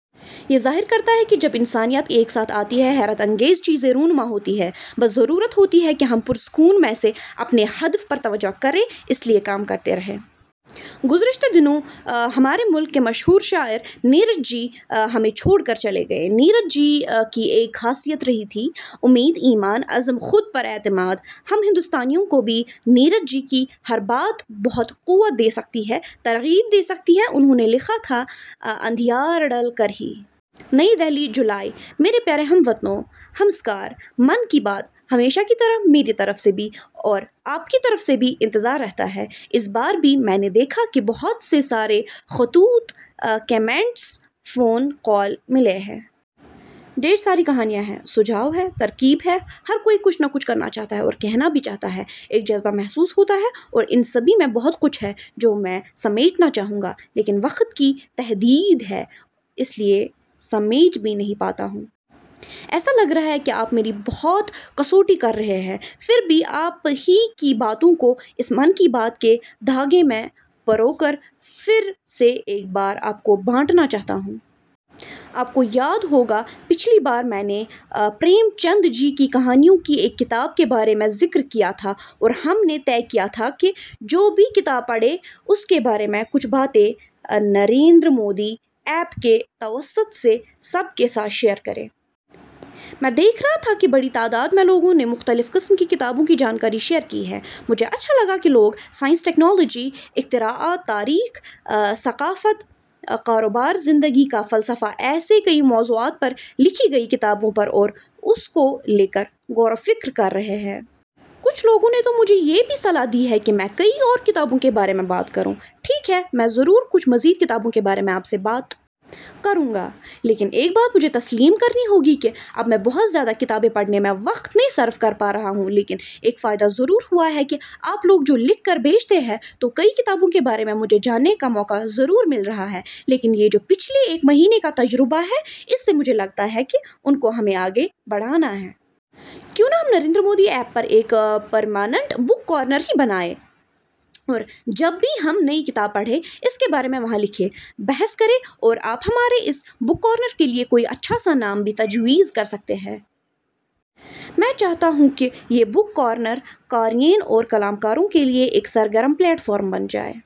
یہ ظاہر کرتا ہے کہ جب انسانیت ایک ساتھ آتی ہے، حیرت انگیز چیزیں رونما ہوتی ہیں۔ بس ضرورت ہوتی ہے ہم پرسکون من سے اپنے ہدف پر توجہ دیں، اس کے لیے کام کرتے رہیں۔ گزشتہ دنوں ہمارے ملک کے مشہور شاعر نیرج جی ہمیں چھوڑ کر چلے گئے۔ نیرج جی کی ایک خاصیت رہی تھی – امید، ایمان، عزم، خود پر اعتماد۔ ہم ہندوستانیوں کو بھی نیرج جی کی ہر بات بہت قوت دے سکتی ہے، ترغیب دے سکتی ہے – انہوں نے لکھا تھا – 'اندھیار ڈھل کر ہی. نئی دہلی، جولائی/ میرے پیارے ہم وطنو، نمسکار! 'من کی بات' ہمیشہ کی طرح میری طرف سے بھی اور آپ کی طرف سے بھی انتظار رہتا ہے۔ اس بار بھی میں نے دیکھا کہ بہت سے سارے خطوط، کمینٹس، فون کال ملے ہیں۔ ڈھیرے ساری کہانیاں ہیں، سجھاؤ ہیں، ترغیب ہیں، ہر کوئی کچھ نہ کچھ کرنا چاہتا ہے اور کہنا بھی چاہتا ہے۔ ایک جذبہ محسوس ہوتا ہے اور ان سبھی میں بہت کچھ ہے جو میں سمیٹنا چاہوں گا لیکن وقت کی تحدید ہے اس لیے سمیٹ بھی نہیں پاتا ہوں۔ ایسا لگ رہا ہے کہ آپ میری بہت کسوٹی کر رہے ہیں۔ پھر بھی آپ ہی کی باتوں کو اس 'من کی بات' کے دھاگے میں پروکر پھر سے ایک بار آپ کو بانٹنا چاہتا ہوں۔ آپ کو یاد ہوگا پچھلی بار میں نے پریم چند جی کی کہانیوں کی ایک کتاب کے بارے میں ذکر کیا تھا اور ہم نے طے کیا تھا کہ جو بھی کتاب پڑھے اس کے بارے میں کچھ باتیں نریندر مودی ایپ کے توسط سے سب کے ساتھ شیئر کریں۔ میں دیکھ رہا تھا کہ بڑی تعداد میں لوگوں نے مختلف قسم کی کتابوں کی جانکاری شیئر کی ہیں۔ مجھے اچھا لگا کہ لوگ سائنس، ٹیکنالوجی، اختراعات، تاریخ، ثقافت، کاروبار، زندگی کا فلسفہ ایسےکئی موضوعات پر لکھی گئی کتابوں پر اور اس کو لے کر غور وفکر کر رہے ہیں۔ کچھ لوگوں نے تو مجھے یہ بھی صلاح دی ہے کہ میں کئی اور کتابوں کے بارے میں بات کروں۔ ٹھیک ہے! میں ضرور کچھ مزید کتابوں کے بارے میں آپ سے بات کروں گا لیکن ایک بات مجھے تسلیم کرنی ہوگی کہ اب میں بہت زیادہ کتاب پڑھنے میں وقت نہیں صرف کر پا رہا ہوں لیکن ایک فائدہ ضرور ہوا ہے کہ آپ لوگ جو لکھ کر بھیجتے ہیں تو کئی کتابوں کے بارے میں مجھے جاننے کا موقع ضرور مل رہا ہے لیکن یہ جو پچھلے ایک مہینے کا تجربہ ہے اس سے مجھے لگتا ہے کہ اس کو ہمیں آگے بڑھانا ہے۔ کیوں نہ ہم نریندر مودی ایپ پر ایک پرماننٹ بک کارنر ہی بنا دیں۔ اور جب بھی ہم نئی کتاب پڑھیں اس کے بارے میں وہاں لکھیں، بحث کریں اور آپ ہمارے اس بک کارنر کے لیے کوئی اچھا سا نام بھی تجویز کرسکتے ہیں۔ میں چاہتا ہوں کہ یہ بک کارنر قارئین اور قلمکاروں کے لیے ایک سرگرم پلیٹ فارم بن جائے۔